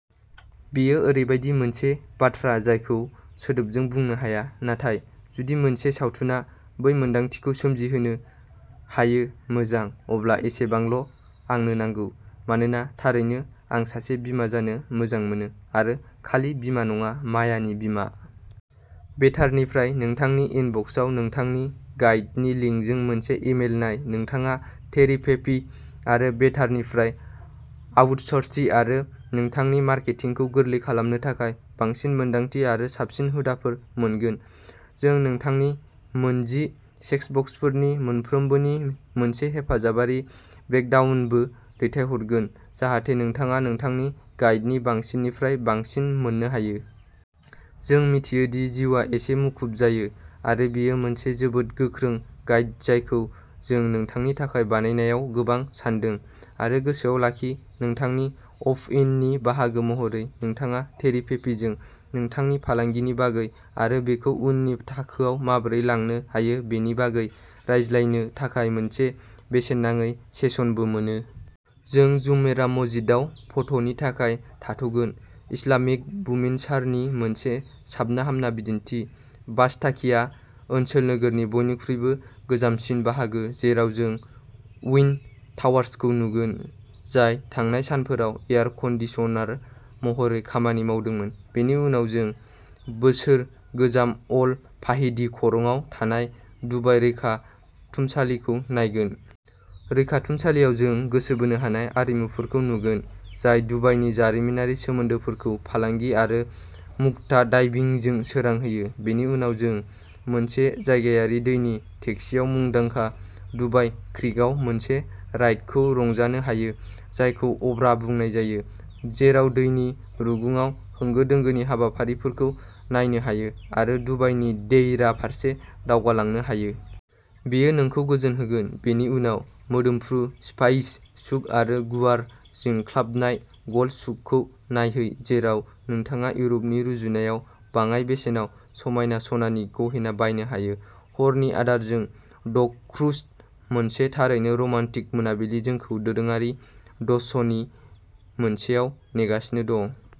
बेयो ओरैबायदि मोनसे बाथ्रा जायखौ सोदोबजों बुंनो हाया। नाथाय जुदि मोनसे सावथुना बै मोनदांथिखौ सोमजिहोनो हायोमोजां, अब्ला एसेबांल'। आंनो नांगौ। मानोना, थारैनो, आं सासे बिमा जानो मोजां मोनो। आरो खालि बिमा नङाः मायानि बिमा। बेटार निफ्राय नोंथांनि इनबक्सआव नोंथांनि गाइडनि लिंकजों मोनसे इमेल नाय। नोंथाङा टेरि पेपि आरो बेटार निफ्राय आउटसर्सिं आरो नोंथांनि मार्केटिंखौ गोरलै खालामनो थाखाय बांसिन मोनदांथि आरो साबसिन हुदाफोर मोनगोन। जों नोंथांनो मोनजि चेकबक्सफोरनि मोनफ्रोमबोनि मोनसे हेफाजाबारि ब्रेकडाउनबो दैथायहरगोन जाहाथे नोंथाङा नोंथांनि गाइदनि बांसिननिफ्राय बांसिन मोननो हायो। जों मिथियो दि जिउआ एसे मुखुब जायो, आरो बेयो मोनसे जोबोद गोख्रों गाइड जायखौ जों नोंथांनि थाखाय बानायनायाव गोबां सानदों। आरो गोसोआव लाखि, नोंथांनि अप्ट-इननि बाहागो महरै, नोंथाङा टेरि पेपिजों नोंथांनि फालांगिनि बागै आरो बेखौ उननि थाखोआव माबोरै लांनो हायो बेनि बागै रायज्लायनो थाखाय मोनसे बेसेन नाङै सेसनबो मोनो। जों जुमेराह मस्जिदाव फट'नि थाखाय थाथ'गोन-इस्लामिक बुमिनसारनि मोनसे साबना हामना बिदिन्थि, बास्ताकिया ओनसोल-नोगोरनि बयनिख्रुइबो गोजामसिन बाहागो, जेराव जों उइन्ड टावार्सखौ नुगोन जाय थांनाय सानफोराव एयार-कन्डिसनार महरै खामानि मावदोंमोन। बेनि उनाव जों बोसोर गोजाम अल फाहिदी खरंआव थानाय दुबाइ रैखाथुमसालिखौ नायगोन। रैखाथुमसालियाव, जों गोसो बोनो हानाय आरिमुफोरखौ नुगोन, जाय दुबाइनि जारिमिनारि सोमोन्दोफोरखौ फालांगि आरो मुक्ता डाइभिंजों सोरां होयो। बेनि उनाव जों मोनसे जायगायारि दैनि टेक्सिआव मुंदांखा दुबाइ क्रीकआव मोनसे राइडखौ रंजानो हायो, जायखौ "अब्रा" बुंनाय जायो, जेराव दैनि रुगुंआव होंगो दोंगोनि हाबाफारिफोरखौ नायनो हायो आरो दुबाइनि देइरा फारसे दावगालांनो हायो। बेयो नोंखौ गोजोन होगोन। बेनि उनाव मोदोमफ्रु स्पाइस सुक आरो गुवार जोंख्लाबनाय गल्ड सुकखौ नायहै जेराव नोंथाङा इउरपनि रुजुनायाव बाङाय बेसेनाव समायना सनानि गहेना बायनो हायो। हरनि आदारजों ध'क्रुज-मोनसे थारैनो रमान्टिक मोनाबिलि जोंखौ दोरोङारि ध'स नि मोनसेयाव नेगासिनो दं।